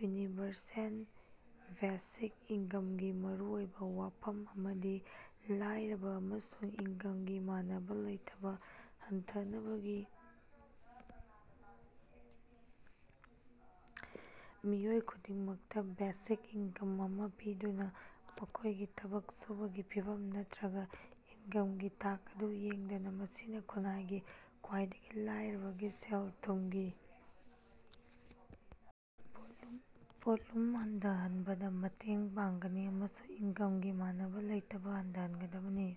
Universal basic income ꯒꯤ ꯃꯔꯨꯑꯣꯏꯕ ꯋꯥꯐꯝ ꯑꯃꯗꯤ ꯂꯥꯏꯔꯕꯥ ꯑꯃꯁꯨꯡ ꯏꯟꯀꯝꯒꯤ ꯃꯥꯟꯅꯕꯥ ꯂꯩꯇꯕ ꯍꯟꯊꯍꯟꯕꯅꯤ꯫ ꯃꯤꯑꯣꯏ ꯈꯨꯗꯤꯡꯃꯛꯇ ꯕꯦꯁꯤꯛ ꯏꯟꯀꯝ ꯑꯃ ꯄꯤꯗꯨꯅ, ꯃꯈꯣꯏꯒꯤ ꯊꯕꯛ ꯁꯨꯕꯒꯤ ꯐꯤꯚꯝ ꯅꯠꯇꯔꯒ ꯏꯟꯀꯝꯒꯤ ꯊꯥꯛ ꯑꯗꯨ ꯌꯦꯡꯗꯅ, ꯃꯁꯤꯅ ꯈꯨꯟꯅꯥꯏꯒꯤ ꯈ꯭ꯋꯥꯏꯗꯒꯤ ꯂꯥꯏꯔꯕꯁꯤꯡꯗ ꯁꯦꯜ-ꯊꯨꯝꯒꯤ ꯄꯣꯠꯂꯨꯝ ꯍꯟꯊꯍꯟꯕꯗꯥ ꯃꯇꯦꯡ ꯄꯥꯡꯒꯅꯤ ꯑꯃꯁꯨꯡ ꯏꯟꯀꯝꯒꯤ ꯃꯥꯟꯅꯕꯥ ꯂꯩꯇꯕ ꯍꯟꯊꯍꯟꯒꯅꯤ꯫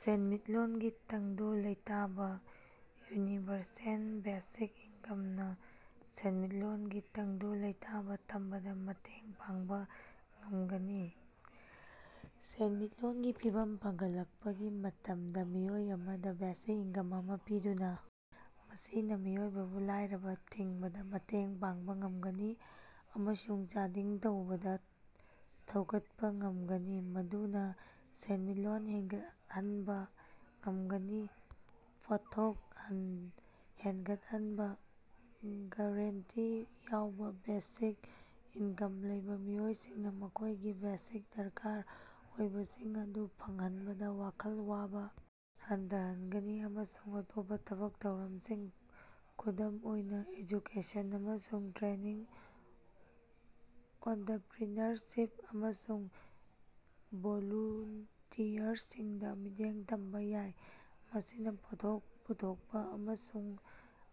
ꯁꯦꯟꯃꯤꯠꯂꯣꯟꯒꯤ ꯇꯪꯗꯨ ꯂꯩꯇꯥꯕ -ꯌꯨꯅꯤꯚꯔꯁꯦꯜ ꯕꯦꯁꯤꯛ ꯏꯟꯀꯝ ꯅꯥ ꯁꯦꯟꯃꯤꯠꯂꯣꯟꯒꯤ ꯇꯪꯗꯨ ꯂꯩꯇꯥꯕ ꯊꯝꯕꯗ ꯃꯇꯦꯡ ꯄꯥꯡꯕ ꯉꯝꯒꯅꯤ, ꯁꯦꯟꯃꯤꯠꯂꯣꯟꯒꯤ ꯐꯤꯕꯝ ꯐꯒꯠꯂꯛꯄꯒꯤ ꯃꯇꯝꯗ, ꯃꯤꯑꯣꯏ ꯑꯃꯗ ꯕꯦꯁꯤꯛ ꯏꯟꯀꯝ ꯑꯃ ꯄꯤꯗꯨꯅ ꯃꯁꯤꯅ ꯃꯤꯑꯣꯏꯕꯕꯨ ꯂꯥꯏꯔꯕꯥ ꯊꯤꯡꯕꯗ ꯃꯇꯦꯡ ꯄꯥꯡꯕ ꯉꯝꯒꯅꯤ ꯑꯃꯁꯨꯡ ꯆꯥꯗꯤꯡ ꯇꯧꯕꯗ ꯊꯧꯒꯠꯄ ꯉꯝꯒꯅꯤ, ꯃꯗꯨꯅ ꯁꯦꯟꯃꯤꯠꯂꯣꯟ ꯍꯦꯟꯒꯠꯍꯟꯕ ꯉꯝꯒꯅꯤ꯫ ꯄꯣꯠꯊꯣꯛ ꯍꯦꯟꯒꯠꯍꯟꯕ - ꯒꯥꯔꯦꯟꯇꯤ ꯌꯥꯎꯕ ꯕꯦꯁꯤꯛ ꯏꯟꯀꯝ ꯂꯩꯕ ꯃꯤꯑꯣꯏꯁꯤꯡꯅ ꯃꯈꯣꯏꯒꯤ ꯕꯦꯁꯤꯛ ꯗꯔꯀꯥꯔ ꯑꯣꯏꯕꯁꯤꯡ ꯑꯗꯨ ꯐꯪꯍꯟꯕꯗ ꯋꯥꯈꯜ ꯋꯥꯕ ꯍꯟꯊꯒꯅꯤ ꯑꯃꯁꯨꯡ ꯑꯇꯣꯞꯄ ꯊꯕꯛ ꯊꯧꯔꯝꯁꯤꯡ, ꯈꯨꯗꯝ ꯑꯣꯏꯅ ꯑꯦꯖꯨꯀꯦꯁꯟ ꯑꯃꯁꯨꯡ ꯇ꯭ꯔꯦꯅꯤꯡ, ꯑꯣꯟꯇꯔꯄꯔꯤꯅꯔꯁꯤꯞ, ꯑꯃꯁꯨꯡ ꯚꯣꯂꯨꯟꯇꯤꯌꯔꯤꯡꯗ ꯃꯤꯠꯌꯦꯡ ꯊꯝꯕ ꯌꯥꯏ꯫ ꯃꯁꯤꯅ ꯄꯣꯠꯊꯣꯛ ꯄꯨꯊꯣꯛꯄ ꯑꯃꯁꯨꯡ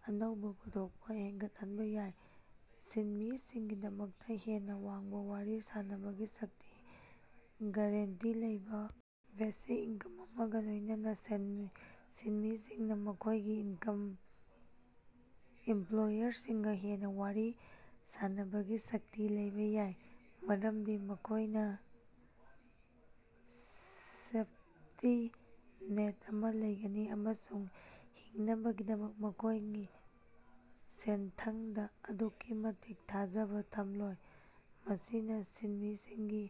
ꯑꯅꯧꯕ ꯄꯨꯊꯣꯛꯄ ꯍꯦꯟꯒꯠꯍꯟꯕ ꯌꯥꯏ꯫ ꯁꯤꯟꯃꯤꯁꯤꯡꯒꯤꯗꯃꯛꯇ ꯍꯦꯟꯅ ꯋꯥꯡꯕ ꯋꯥꯔꯤ ꯁꯥꯟꯅꯕꯒꯤ ꯁꯛꯇꯤ - ꯒꯥꯔꯦꯟꯇꯤ ꯂꯩꯕ ꯕꯦꯁꯤꯛ ꯏꯟꯀꯝ ꯑꯃꯒ ꯂꯣꯏꯅꯅꯥ, ꯁꯤꯟꯃꯤꯁꯤꯡꯅ ꯃꯈꯣꯏꯒꯤ ꯏꯝꯄꯂꯣꯌꯔꯁꯤꯡꯒ ꯍꯦꯟꯅ ꯋꯥꯔꯤ ꯁꯥꯟꯅꯕꯒꯤ ꯁꯛꯇꯤ ꯂꯩꯕ ꯌꯥꯏ, ꯃꯔꯝꯗꯤ ꯃꯈꯣꯏꯅ ꯁꯦꯐꯇꯤ ꯅꯦꯠ ꯑꯃ ꯂꯩꯒꯅꯤ ꯑꯃꯁꯨꯡ ꯍꯤꯡꯅꯕꯒꯤꯗꯃꯛ ꯃꯈꯣꯏꯒꯤ ꯁꯦꯟꯊꯪꯗ ꯑꯗꯨꯛꯀꯤ ꯃꯇꯤꯛ ꯊꯥꯖꯕꯥ ꯊꯝꯂꯣꯏ꯫ ꯃꯁꯤꯅ ꯁꯤꯟꯃꯤꯁꯤꯡꯒꯤ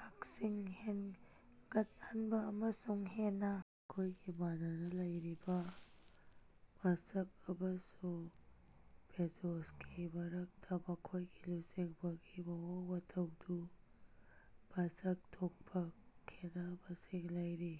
ꯍꯛꯁꯤꯡ ꯍꯦꯟꯒꯠꯍꯟꯕ ꯑꯃꯁꯨꯡ ꯍꯦꯟꯅ ꯃꯈꯣꯏꯒꯤ ꯃꯥꯟꯅꯕꯥ ꯂꯩꯔꯕꯁꯨ ꯃꯁ꯭ꯛ ꯑꯃꯁꯨꯡ ꯕꯦꯖꯣꯁꯀꯤ ꯃꯔꯛꯇ ꯃꯈꯣꯏꯒꯤ ꯂꯨꯆꯤꯡꯕꯒꯤ ꯃꯑꯣꯡ ꯃꯇꯧꯗꯁꯨ ꯃꯁꯛ ꯊꯣꯛꯄ ꯈꯦꯠꯅꯕꯁꯤꯡ ꯂꯩꯔꯤ꯫